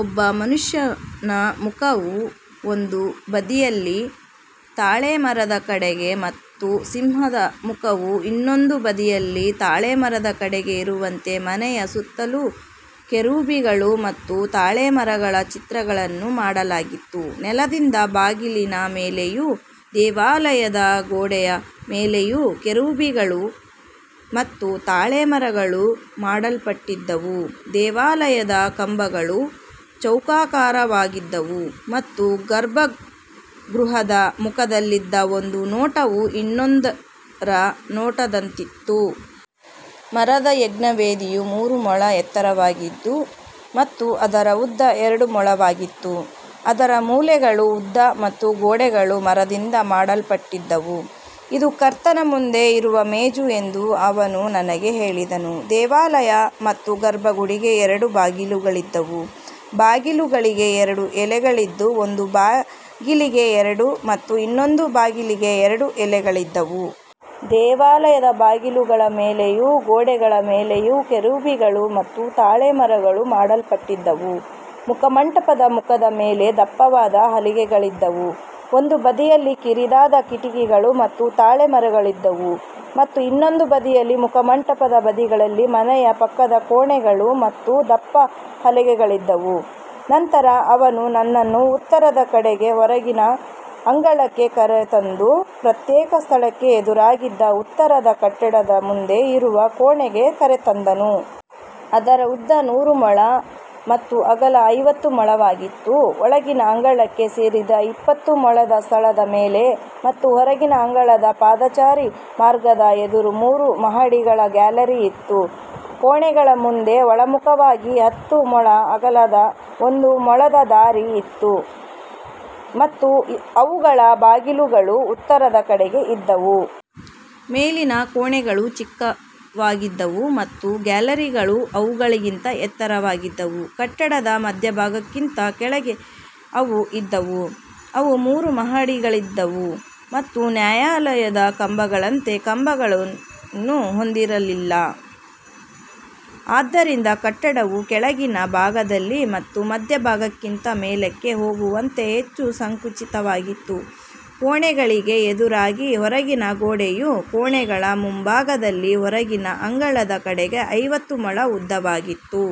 ಒಬ್ಬ ಮನುಷ್ಯನ ಮುಖವು ಒಂದು ಬದಿಯಲ್ಲಿ ತಾಳೆಮರದ ಕಡೆಗೆ ಮತ್ತು ಸಿಂಹದ ಮುಖವು ಇನ್ನೊಂದು ಬದಿಯಲ್ಲಿ ತಾಳೆಮರದ ಕಡೆಗೆ ಇರುವಂತೆ ಮನೆಯ ಸುತ್ತಲೂ ಕೆರೂಬಿಗಳು ಮತ್ತು ತಾಳೆಮರಗಳ ಚಿತ್ರಗಳನ್ನು ಮಾಡಲಾಗಿತ್ತು. ನೆಲದಿಂದ ಬಾಗಿಲಿನ ಮೇಲೆಯೂ ದೇವಾಲಯದ ಗೋಡೆಯ ಮೇಲೆಯೂ ಕೆರೂಬಿಗಳು ಮತ್ತು ತಾಳೆಮರಗಳು ಮಾಡಲ್ಪಟ್ಟಿದ್ದವು. ದೇವಾಲಯದ ಕಂಬಗಳು ಚೌಕಾಕಾರವಾಗಿದ್ದವು ಮತ್ತು ಗರ್ಭಗೃಹದ ಮುಖದಲ್ಲಿದ್ದ ಒಂದು ನೋಟವು ಇನ್ನೊಂದರ ನೋಟದಂತಿತ್ತು. ಮರದ ಯಜ್ಞವೇದಿಯು ಮೂರು ಮೊಳ ಎತ್ತರವಾಗಿತ್ತು ಮತ್ತು ಅದರ ಉದ್ದ ಎರಡು ಮೊಳವಾಗಿತ್ತು. ಅದರ ಮೂಲೆಗಳು, ಉದ್ದ ಮತ್ತು ಗೋಡೆಗಳು ಮರದಿಂದ ಮಾಡಲ್ಪಟ್ಟಿದ್ದವು. ಇದು ಕರ್ತನ ಮುಂದೆ ಇರುವ ಮೇಜು ಎಂದು ಅವನು ನನಗೆ ಹೇಳಿದನು. ದೇವಾಲಯ ಮತ್ತು ಗರ್ಭಗುಡಿಗೆ ಎರಡು ಬಾಗಿಲುಗಳಿದ್ದವು. ಬಾಗಿಲುಗಳಿಗೆ ಎರಡು ಎಲೆಗಳಿದ್ದು, ಒಂದು ಬಾಗಿಲಿಗೆ ಎರಡು ಮತ್ತು ಇನ್ನೊಂದು ಬಾಗಿಲಿಗೆ ಎರಡು ಎಲೆಗಳಿದ್ದವು. ದೇವಾಲಯದ ಬಾಗಿಲುಗಳ ಮೇಲೆಯೂ ಗೋಡೆಗಳ ಮೇಲೆಯೂ ಕೆರೂಬಿಗಳು ಮತ್ತು ತಾಳೆಮರಗಳು ಮಾಡಲ್ಪಟ್ಟಿದ್ದವು. ಮುಖಮಂಟಪದ ಮುಖದ ಮೇಲೆ ದಪ್ಪವಾದ ಹಲಗೆಗಳಿದ್ದವು. ಒಂದು ಬದಿಯಲ್ಲಿ ಕಿರಿದಾದ ಕಿಟಕಿಗಳು ಮತ್ತು ತಾಳೆಮರಗಳಿದ್ದವು ಮತ್ತು ಇನ್ನೊಂದು ಬದಿಯಲ್ಲಿ ಮುಖಮಂಟಪದ ಬದಿಗಳಲ್ಲಿ ಮನೆಯ ಪಕ್ಕದ ಕೋಣೆಗಳು ಮತ್ತು ದಪ್ಪ ಹಲಗೆಗಳಿದ್ದವು. ನಂತರ ಅವನು ನನ್ನನ್ನು ಉತ್ತರದ ಕಡೆಗೆ ಹೊರಗಿನ ಅಂಗಳಕ್ಕೆ ಕರೆತಂದು, ಪ್ರತ್ಯೇಕ ಸ್ಥಳಕ್ಕೆ ಎದುರಾಗಿದ್ದ ಉತ್ತರದ ಕಟ್ಟಡದ ಮುಂದೆ ಇರುವ ಕೋಣೆಗೆ ಕರೆತಂದನು. ಅದರ ಉದ್ದ ನೂರು ಮೊಳ ಮತ್ತು ಅಗಲ ಐವತ್ತು ಮೊಳವಾಗಿತ್ತು. ಒಳಗಿನ ಅಂಗಳಕ್ಕೆ ಸೇರಿದ ಇಪ್ಪತ್ತು ಮೊಳದ ಸ್ಥಳದ ಮೇಲೆ ಮತ್ತು ಹೊರಗಿನ ಅಂಗಳದ ಪಾದಚಾರಿ ಮಾರ್ಗದ ಎದುರು ಮೂರು ಮಹಡಿಗಳ ಗ್ಯಾಲರಿ ಇತ್ತು. ಕೋಣೆಗಳ ಮುಂದೆ ಒಳಮುಖವಾಗಿ ಹತ್ತು ಮೊಳ ಅಗಲದ ಒಂದು ಮೊಳದ ದಾರಿ ಇತ್ತು ಮತ್ತು ಅವುಗಳ ಬಾಗಿಲುಗಳು ಉತ್ತರದ ಕಡೆಗೆ ಇದ್ದವು. ಮೇಲಿನ ಕೋಣೆಗಳು ಚಿಕ್ಕವಾಗಿದ್ದವು ಮತ್ತು ಗ್ಯಾಲರಿಗಳು ಅವುಗಳಿಗಿಂತ ಎತ್ತರವಾಗಿದ್ದವು. ಕಟ್ಟಡದ ಮಧ್ಯಭಾಗಕ್ಕಿಂತ ಕೆಳಗೆ ಅವು ಇದ್ದವು. ಅವು ಮೂರು ಮಹಡಿಗಳಲ್ಲಿದ್ದವು ಮತ್ತು ನ್ಯಾಯಾಲಯದ ಕಂಬಗಳಂತೆ ಕಂಬಗಳನ್ನು ಹೊಂದಿರಲಿಲ್ಲ. ಆದ್ದರಿಂದ ಕಟ್ಟಡವು ಕೆಳಗಿನ ಭಾಗದಲ್ಲಿ ಮತ್ತು ಮಧ್ಯಭಾಗಕ್ಕಿಂತ ಮೇಲಕ್ಕೆ ಹೋಗುವಂತೆ ಹೆಚ್ಚು ಸಂಕುಚಿತವಾಗಿತ್ತು. ಕೋಣೆಗಳಿಗೆ ಎದುರಾಗಿ ಹೊರಗಿನ ಗೋಡೆಯು ಕೋಣೆಗಳ ಮುಂಭಾಗದಲ್ಲಿ ಹೊರಗಿನ ಅಂಗಳದ ಕಡೆಗೆ ಐವತ್ತು ಮೊಳ ಉದ್ದವಾಗಿತ್ತು.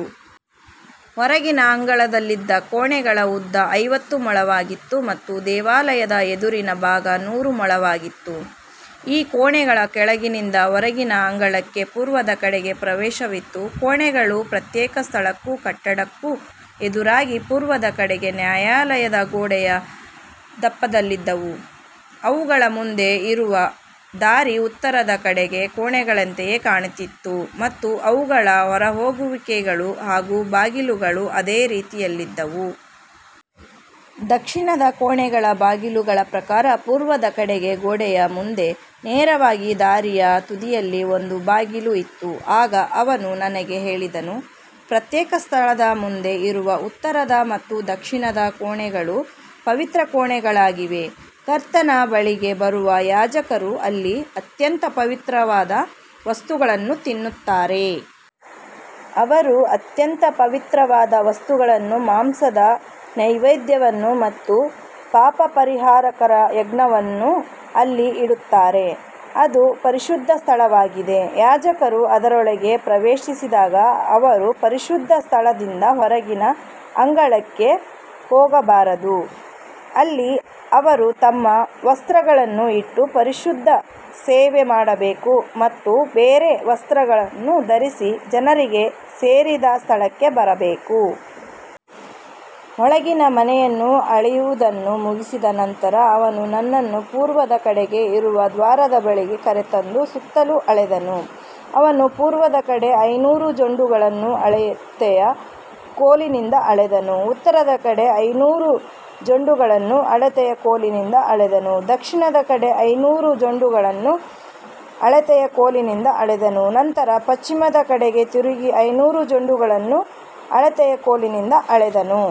ಹೊರಗಿನ ಅಂಗಳದಲ್ಲಿದ್ದ ಕೋಣೆಗಳ ಉದ್ದ ಐವತ್ತು ಮೊಳವಾಗಿತ್ತು ಮತ್ತು ದೇವಾಲಯದ ಎದುರಿನ ಭಾಗ ನೂರು ಮೊಳವಾಗಿತ್ತು. ಈ ಕೋಣೆಗಳ ಕೆಳಗಿನಿಂದ ಹೊರಗಿನ ಅಂಗಳಕ್ಕೆ ಪೂರ್ವದ ಕಡೆಗೆ ಪ್ರವೇಶವಿತ್ತು. ಕೋಣೆಗಳು ಪ್ರತ್ಯೇಕ ಸ್ಥಳಕ್ಕೂ ಕಟ್ಟಡಕ್ಕೂ ಎದುರಾಗಿ ಪೂರ್ವದ ಕಡೆಗೆ ನ್ಯಾಯಾಲಯದ ಗೋಡೆಯ ದಪ್ಪದಲ್ಲಿದ್ದವು. ಅವುಗಳ ಮುಂದೆ ಇರುವ ದಾರಿ ಉತ್ತರದ ಕಡೆಗಿನ ಕೋಣೆಗಳಂತೆಯೇ ಕಾಣುತ್ತಿತ್ತು ಮತ್ತು ಅವುಗಳ ಹೊರಹೋಗುವಿಕೆಗಳು ಹಾಗೂ ಬಾಗಿಲುಗಳು ಅದೇ ರೀತಿಯಲ್ಲಿದ್ದವು. ದಕ್ಷಿಣದ ಕೋಣೆಗಳ ಬಾಗಿಲುಗಳ ಪ್ರಕಾರ ಪೂರ್ವದ ಕಡೆಗೆ ಗೋಡೆಯ ಮುಂದೆ ನೇರವಾಗಿ ದಾರಿಯ ತುದಿಯಲ್ಲಿ ಒಂದು ಬಾಗಿಲು ಇತ್ತು. ಆಗ ಅವನು ನನಗೆ ಹೇಳಿದನು, ಪ್ರತ್ಯೇಕ ಸ್ಥಳದ ಮುಂದೆ ಇರುವ ಉತ್ತರದ ಮತ್ತು ದಕ್ಷಿಣದ ಕೋಣೆಗಳು ಪವಿತ್ರ ಕೋಣೆಗಳಾಗಿವೆ. ಕರ್ತನ ಬಳಿಗೆ ಬರುವ ಯಾಜಕರು ಅಲ್ಲಿ ಅತ್ಯಂತ ಪವಿತ್ರವಾದ ವಸ್ತುಗಳನ್ನು ತಿನ್ನುತ್ತಾರೆ. ಅವರು ಅತ್ಯಂತ ಪವಿತ್ರವಾದ ವಸ್ತುಗಳನ್ನು, ಮಾಂಸದ ನೈವೇದ್ಯವನ್ನು ಮತ್ತು ಪಾಪಪರಿಹಾರಕ ಯಜ್ಞವನ್ನು ಅಲ್ಲಿ ಇಡುತ್ತಾರೆ. ಅದು ಪರಿಶುದ್ಧ ಸ್ಥಳವಾಗಿದೆ. ಯಾಜಕರು ಅದರೊಳಗೆ ಪ್ರವೇಶಿಸಿದಾಗ ಅವರು ಪರಿಶುದ್ಧ ಸ್ಥಳದಿಂದ ಹೊರಗಿನ ಅಂಗಳಕ್ಕೆ ಹೋಗಬಾರದು. ಅಲ್ಲಿ ಅವರು ತಮ್ಮ ವಸ್ತ್ರಗಳನ್ನು ಇಟ್ಟು ಪರಿಶುದ್ಧ ಸೇವೆ ಮಾಡಬೇಕು ಮತ್ತು ಬೇರೆ ವಸ್ತ್ರಗಳನ್ನು ಧರಿಸಿ ಜನರಿಗೆ ಸೇರಿದ ಸ್ಥಳಕ್ಕೆ ಬರಬೇಕು. ಒಳಗಿನ ಮನೆಯನ್ನು ಅಳೆಯುವುದನ್ನು ಮುಗಿಸಿದ ನಂತರ ಅವನು ನನ್ನನ್ನು ಪೂರ್ವದ ಕಡೆಗೆ ಇರುವ ದ್ವಾರದ ಬಳಿಗೆ ಕರೆತಂದು ಸುತ್ತಲೂ ಅಳೆದನು. ಅವನು ಪೂರ್ವದ ಕಡೆ ಐನೂರು ಜೊಂಡುಗಳನ್ನು ಅಳತೆಯ ಕೋಲಿನಿಂದ ಅಳೆದನು. ಉತ್ತರದ ಕಡೆ ಐನೂರು ಜೊಂಡುಗಳನ್ನು ಅಳತೆಯ ಕೋಲಿನಿಂದ ಅಳೆದನು. ದಕ್ಷಿಣದ ಕಡೆ ಐನೂರು ಜೊಂಡುಗಳನ್ನು ಅಳತೆಯ ಕೋಲಿನಿಂದ ಅಳೆದನು. ನಂತರ ಪಶ್ಚಿಮದ ಕಡೆಗೆ ತಿರುಗಿ ಐನೂರು ಜೊಂಡುಗಳನ್ನು ಅಳತೆಯ ಕೋಲಿನಿಂದ ಅಳೆದನು.